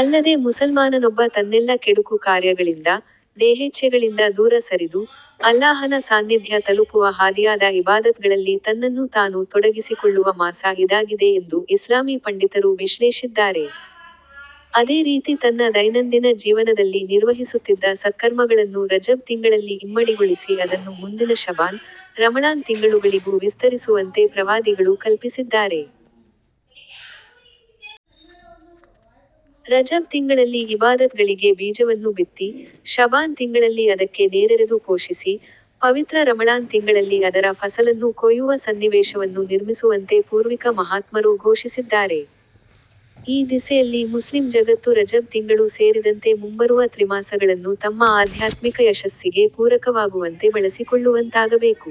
ಅಲ್ಲದೆ ಮುಸಲ್ಮಾನನೊಬ್ಬ ತನ್ನೆಲ್ಲ ಕೆಡುಕು ಕಾರ್ಯಗಳಿಂದ, ದೇಹೇಚ್ಛೆಗಳಿಂದ ದೂರ ಸರಿದು, ಅಲ್ಲಾಹನ ಸಾನ್ನಿಧ್ಯ ತಲುಪುವ ಹಾದಿಯಾದ ಇಬಾದತ್ ಗಳಲ್ಲಿ ತನ್ನನ್ನು ತಾನು ತೊಡಗಿಸಿಕೊಳ್ಳುವ ಮಾಸ ಇದಾಗಿದೆ ಎಂದು ಇಸ್ಲಾಮೀ ಪಂಡಿತರು ವಿಶ್ಲೇಷಿದ್ದಾರೆ. ಅದೇ ರೀತಿ ತನ್ನ ದೈನಂದಿನ ಜೀವನದಲ್ಲಿ ನಿರ್ವಹಿಸುತ್ತಿದ್ದ ಸತ್ಕರ್ಮಗಳನ್ನು ರಜಬ್ ತಿಂಗಳಲ್ಲಿ ಇಮ್ಮಡಿಗೊಳಿಸಿ ಅದನ್ನು ಮುಂದಿನ ಶಅಬಾನ್, ರಮಳಾನ್ ತಿಂಗಳುಗಳಿಗೂ ವಿಸ್ತರಿಸುವಂತೆ ಪ್ರವಾದಿಗಳು ಕಲ್ಪಿಸಿದ್ದಾರೆ. ರಜಬ್ ತಿಂಗಳಲ್ಲಿ ಇಬಾದತ್ ಗಳಿಗೆ ಬೀಜವನ್ನು ಬಿತ್ತಿ, ಶಅಬಾನ್ ತಿಂಗಳಲ್ಲಿ ಅದಕ್ಕೆ ನೇರೆರೆದು ಪೋಷಿಸಿ, ಪವಿತ್ರ ರಮಳಾನ್ ತಿಂಗಳಲ್ಲಿ ಅದರ ಫಸಲನ್ನು ಕೊಯ್ಯುವ ಸನ್ನಿವೇಶವನ್ನು ನಿರ್ಮಿಸುವಂತೆ ಪೂರ್ವಿಕ ಮಹಾತ್ಮರು ಘೋಷಿಸಿದ್ದಾರೆ. ಈ ದಿಸೆಯಲ್ಲಿ ಮುಸ್ಲಿಂ ಜಗತ್ತು ರಜಬ್ ತಿಂಗಳು ಸೇರಿದಂತೆ ಮುಂಬರುವ ತ್ರಿಮಾಸಗಳನ್ನು ತಮ್ಮ ಆಧ್ಯಾತ್ಮಿಕ ಯಶಸ್ಸಿಗೆ ಪೂರಕವಾಗುವಂತೆ ಬಳಸಿಕೊಳ್ಳುವಂತಾಗಬೇಕು.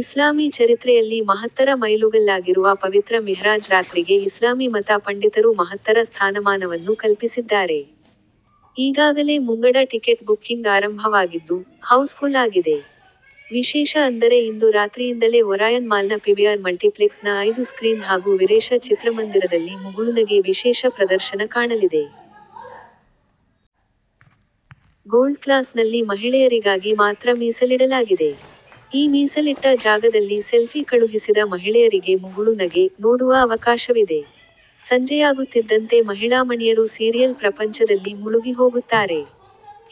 ಇಸ್ಲಾಮೀ ಚರಿತ್ರೆಯಲ್ಲಿ ಮಹತ್ತರ ಮೈಲುಗಲ್ಲಾಗಿರುವ ಪವಿತ್ರ ಮಿಹ್ರಾಜ್ ರಾತ್ರಿಗೆ ಇಸ್ಲಾಮೀ ಮತ ಪಂಡಿತರು ಮಹತ್ತರ ಸ್ಥಾನಮಾನವನ್ನು ಕಲ್ಪಿಸಿದ್ದಾರೆ. ಈಗಾಗಲೇ ಮುಂಗಡ ಟಿಕೆಟ್ ಬುಕ್ಕಿಂಗ್ ಆರಂಭವಾಗಿದ್ದು, ಹೌಸ್ ಫುಲ್ ಆಗಿದೆ. ವಿಶೇಷ ಅಂದರೆ ಇಂದು ರಾತ್ರಿಯಿಂದಲೇ ಒರಾಯನ್ ಮಾಲ್ನ ಪಿವಿಆರ್ ಮಲ್ಟಿಪ್ಲೆಕ್ಸ್ ನ ಐದು ಸ್ಕ್ರೀನ್ ಹಾಗೂ ವಿರೇಶ ಚಿತ್ರಮಂದಿರದಲ್ಲಿ ಮುಗುಳುನಗೆ ವಿಶೇಷ ಪ್ರದರ್ಶನ ಕಾಣಲಿದೆ. ಗೋಲ್ಡ್ ಕ್ಲಾಸ್ ನಲ್ಲಿ ಮಹಿಳೆಯರಿಗಾಗಿ ಮಾತ್ರ ಮೀಸಲಿಡಲಾಗಿದೆ. ಈ ಮೀಸಲಿಟ್ಟ ಜಾಗದಲ್ಲಿ ಸೆಲ್ಫಿ ಕಳುಹಿಸಿದ ಮಹಿಳೆಯರಿಗೆ ಮುಗುಳು ನಗೆ' ನೋಡುವ ಅವಕಾಶವಿದೆ. ಸಂಜೆಯಾಗುತ್ತಿದ್ದಂತೆ ಮಹಿಳಾಮಣಿಯರು ಸೀರಿಯಲ್ ಪ್ರಪಂಚದಲ್ಲಿ ಮುಳುಗಿ ಹೋಗುತ್ತಾರೆ.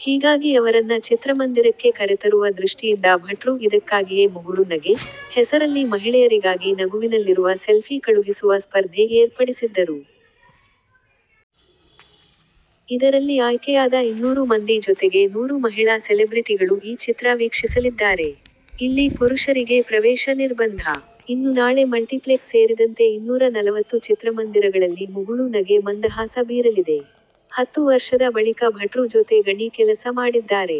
ಹೀಗಾಗಿ ಅವರನ್ನ ಚಿತ್ರಮಂದಿರಕ್ಕೆ ಕರೆತರುವ ದೃಷ್ಟಿಯಿಂದ ಭಟ್ರು ಇದಕ್ಕಾಗಿಯೇ ಮುಗುಳು ನಗೆ' ಹೆಸರಲ್ಲಿ ಮಹಿಳೆಯರಿಗಾಗಿ ನಗುವಿನಲ್ಲಿರುವ ಸೆಲ್ಫೀ ಕಳುಹಿಸುವ ಸ್ಪರ್ಧೆ ಏರ್ಪಡಿಸಿದ್ದರು. ಇದರಲ್ಲಿ ಆಯ್ಕೆಯಾದ ಇನ್ನೂರು ಮಂದಿ ಜೊತೆಗೆ ನೂರು ಮಹಿಳಾ ಸೆಲೆಬ್ರಿಟಿಗಳು ಈ ಚಿತ್ರ ವೀಕ್ಷಿಸಲಿದ್ದಾರೆ. ಇಲ್ಲಿ ಪುರುಷರಿಗೆ ಪ್ರವೇಶ ನಿರ್ಬಂಧ. ಇನ್ನು ನಾಳೆ ಮಲ್ಟಿಪ್ಲೆಕ್ಸ್ ಸೇರಿದಂತೆ ಇನ್ನೂರ ನಲವತ್ತು ಚಿತ್ರಮಂದಿರಗಳಲ್ಲಿ ಮುಗುಳು ನಗೆ ಮಂದಹಾಸ ಬೀರಲಿದೆ. ಹತ್ತು ವರ್ಷದ ಬಳಿಕ ಭಟ್ರು ಜೊತೆ ಗಣಿ ಕೆಲಸ ಮಾಡಿದ್ದಾರೆ.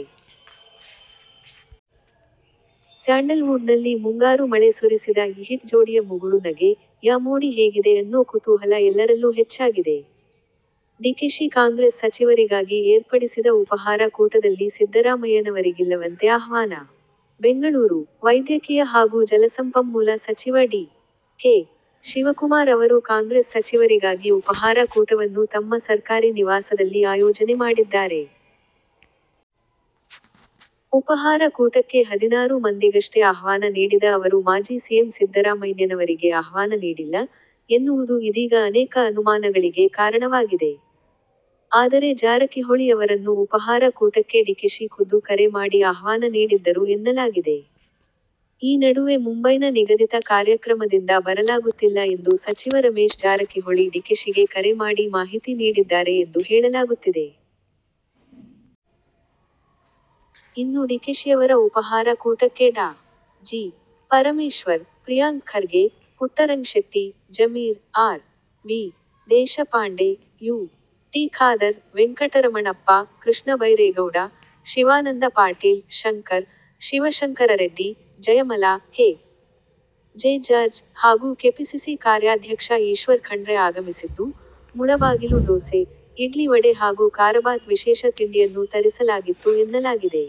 ಸ್ಯಾಂಡಲ್ ವುಡ್ ನಲ್ಲಿ ಮುಂಗಾರು ಮಳೆ ಸುರಿಸಿದ ಈ ಹಿಟ್ ಜೋಡಿಯ ಮುಗುಳು ನಗೆ'ಯ ಮೋಡಿ ಹೇಗಿದೆ ಅನ್ನೋ ಕುತೂಹಲ ಎಲ್ಲರಲ್ಲೂ ಹೆಚ್ಚಾಗಿದೆ. ಡಿಕೆಶಿ ಕಾಂಗ್ರೆಸ್ ಸಚಿವರಿಗಾಗಿ ಏರ್ಪಡಿಸಿದ ಉಪಹಾರ ಕೂಟದಲ್ಲಿ ಸಿದ್ದರಾಮಯ್ಯನವರಿಗಿಲ್ಲವಂತೆ ಆಹ್ವಾನ. ಬೆಂಗಳೂರು: ವೈದ್ಯಕೀಯ ಹಾಗೂ ಜಲಸಂಪನ್ಮೂಲ ಸಚಿವ ಡಿ. ಕೆ. ಶಿವಕುಮಾರ್ ಅವರು ಕಾಂಗ್ರೆಸ್ ಸಚಿವರಿಗಾಗಿ ಉಪಹಾರ ಕೂಟವನ್ನು ತಮ್ಮ ಸರ್ಕಾರಿ ನಿವಾಸದಲ್ಲಿ ಆಯೋಜನೆ ಮಾಡಿದ್ದಾರೆ. ಉಪಹಾರ ಕೂಟಕ್ಕೆ ಹದಿನಾರು ಮಂದಿಗಷ್ಟೆ ಆಹ್ವಾನ ನೀಡಿದ ಅವರು ಮಾಜಿ ಸಿಎಂ ಸಿದ್ದರಾಮಯ್ಯನವರಿಗೆ ಆಹ್ವಾನ ನೀಡಿಲ್ಲ, ಎನ್ನುವುದು ಇದೀಗ ಅನೇಕ ಅನುಮಾನಗಳಿಗೆ ಕಾರಣವಾಗಿದೆ. ಆದರೆ ಜಾರಕಿಹೊಳಿ ಅವರನ್ನು ಉಪಹಾರ ಕೂಟಕ್ಕೆ ಡಿಕೆಶಿ ಖುದ್ದು ಕರೆ ಮಾಡಿ ಆಹ್ವಾನ ನೀಡಿದ್ದರು ಎನ್ನಲಾಗಿದೆ. ಈ ನಡುವೆ ಮುಂಬೈನ ನಿಗದಿತ ಕಾರ್ಯಕ್ರಮದಿಂದ ಬರಲಾಗುತ್ತಿಲ್ಲ ಎಂದು ಸಚಿವ ರಮೇಶ್ ಜಾರಕಿಹೊಳಿ ಡಿಕೆಶಿಗೆ ಕರೆ ಮಾಡಿ ಮಾಹಿತಿ ನೀಡಿದ್ದಾರೆ ಎಂದು ಹೇಳಲಾಗುತ್ತಿದೆ. ಇನ್ನು ಡಿಕೆಶಿಯವರ ಉಪಹಾರ ಕೂಟಕ್ಕೆ Dr. G. Parameshwar, Priyank Kharge, Puttarangashetty, Zameer, R. V. Deshpande, U. T Khader, Venkataramanappa, Krishna Byregowda, Shivananda Patil, Shankar, Shivashankara Reddy, Jayamala, K. J George, ಹಾಗೂ ಕೆಪಿಸಿಸಿ ಕಾರ್ಯಾಧ್ಯಕ್ಷ ಈಶ್ವರ್ ಖಂಡ್ರೆ ಆಗಮಿಸಿದ್ದು, ಮುಳಬಾಗಿಲು ದೋಸೆ, ಇಡ್ಲಿ-ವಡೆ ಹಾಗೂ ಕಾರಬಾತ್ ವಿಶೇಷ ತಿಂಡಿಯನ್ನು ತರಿಸಲಾಗಿತ್ತು ಎನ್ನಲಾಗಿದೆ.